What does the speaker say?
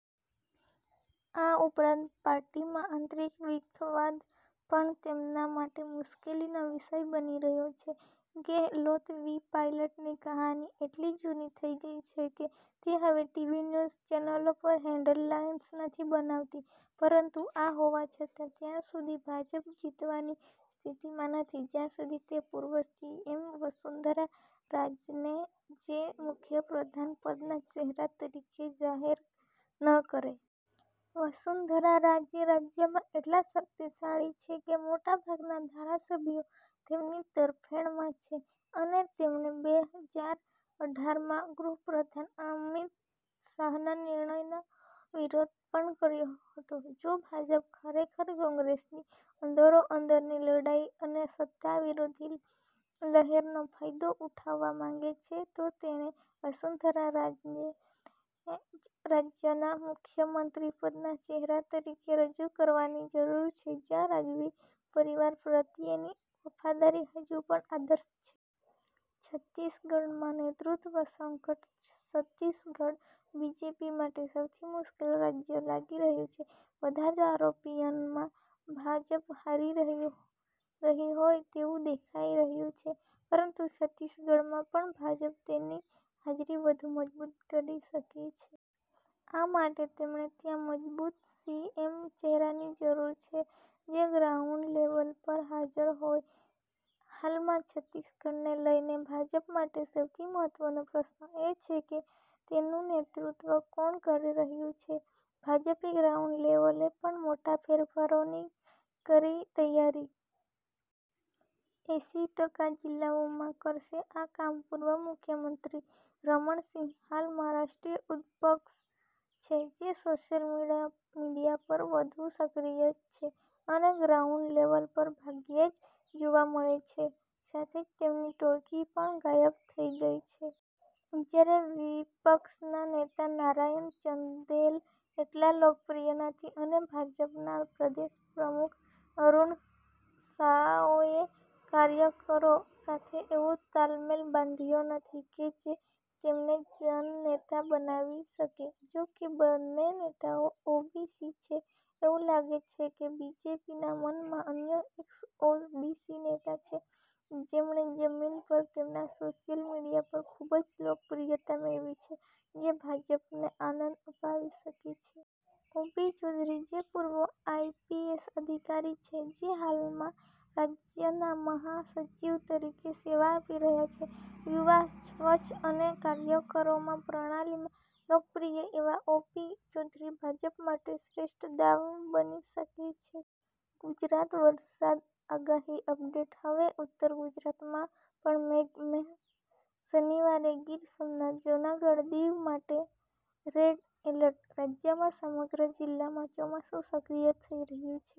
આ ઉપરાંત પાર્ટીમાં આંતરિક વિખવાદ પણ તેમના માટે મુશ્કેલીનો વિષય બની રહ્યો છે. ગેહલોત વિ પાયલટની કહાની એટલી જૂની થઈ ગઈ છે કે તે હવે ટીવી ન્યૂઝ ચેનલો પર હેડલાઈન્સ નથી બનાવતી. પરંતુ આ હોવા છતાં, ત્યાં સુધી ભાજપ જીતવાની સ્થિતિમાં નથી, જ્યાં સુધી તે પૂર્વ સીએમ વસુંધરા રાજેને તેના મુખ્ય પ્રધાનપદના ચહેરા તરીકે જાહેર ન કરે. વસુંધરા રાજે રાજ્યમાં એટલા શક્તિશાળી છે કે, મોટાભાગના ધારાસભ્યો તેમની તરફેણમાં છે અને તેમણે બેહજાર અઢારમાં ગૃહ પ્રધાન અમિત શાહના નિર્ણયનો વિરોધ પણ કર્યો હતો. જો ભાજપ ખરેખર કોંગ્રેસની અંદરોઅંદરની લડાઈ અને સત્તા વિરોધી લહેરનો ફાયદો ઉઠાવવા માંગે છે, તો તેણે વસુંધરા રાજેને જ રાજ્યના મુખ્યમંત્રીપદના ચહેરા તરીકે રજૂ કરવાની જરૂર છે, જ્યાં રાજવી પરિવાર પ્રત્યેની વફાદારી હજુ પણ આદર્શ છે. છત્તીસગઢમાં નેતૃત્વ સંકટ, છત્તીસગઢ બીજેપી માટે સૌથી મુશ્કેલ રાજ્ય લાગી રહ્યું છે. બધા જ ઓપિનિયનમાં ભાજપ હારી રહી હોય તેવું દેખાઈ રહ્યું છે પરંતુ, છત્તીસગઢમાં પણ ભાજપ તેની હાજરી વધુ મજબૂત કરી શકે છે. આ માટે તેમણે ત્યાં મજબૂત સીએમ ચહેરાની જરૂર છે, જે ગ્રાઉન્ડ લેવલ પર હાજર હોય. હાલમાં, છત્તીસગઢને લઈને ભાજપ માટે સૌથી મહત્વનો પ્રશ્ન એ છે કે, તેનું નેતૃત્વ કોણ કરી રહ્યું છે? ભાજપે ગ્રાઉન્ડ લેવલે પણ મોટા ફેરફારોની કરી તૈયારી! એંસી ટકા જિલ્લાઓમાં કરશે આ કામ પૂર્વ મુખ્યમંત્રી રમણ સિંહ હાલમાં રાષ્ટ્રીય ઉપાધ્યક્ષ છે, જે સોશિયલ મીડિયા પર વધુ સક્રિય છે અને ગ્રાઉન્ડ લેવલ પર ભાગ્યે જ જોવા મળે છે. સાથે જ તેમની ટોળકી પણ ગાયબ થઈ ગઈ છે. જ્યારે વિપક્ષના નેતા નારાયણ ચંદેલ એટલા લોકપ્રિય નથી અને ભાજપના પ્રદેશ પ્રમુખ અરુણ સાઓએ કાર્યકરો સાથે એવો તાલમેલ બાંધ્યો નથી કે, જે તેમને જન નેતા બનાવી શકે. જોકે બંને નેતાઓ ઓબીસી છે. એવું લાગે છે કે, બીજેપીના મનમાં અન્ય એક ઓબીસી નેતા છે, જેમણે જમીન પર તેમજ સોશિયલ મીડિયા પર ખૂબ જ લોકપ્રિયતા મેળવી છે, જે ભાજપને આનંદ અપાવી શકે છે. ઓપી ચૌધરી જે પૂર્વ આઈપીએસ અધિકારી છે, જે હાલમાં રાજ્યના મહાસચિવ તરીકે સેવા આપી રહ્યા છે. યુવા, સ્વચ્છ અને કાર્યકરોમાં પ્રમાણમાં લોકપ્રિય એવા ઓ. પી. ચૌધરી ભાજપ માટે શ્રેષ્ઠ દાવ બની શકે છે. ગુજરાત વરસાદ આગાહી અપડેટ: હવે ઉત્તર ગુજરાતમાં પણ મેઘમહેર! શનિવારે ગીર સોમનાથ, જૂનાગઢ, દીવ માટે રેડ એલર્ટ. રાજ્યમાં સમગ્ર જિલ્લામાં ચોમાસુ સક્રિય થઈ ગયું છે.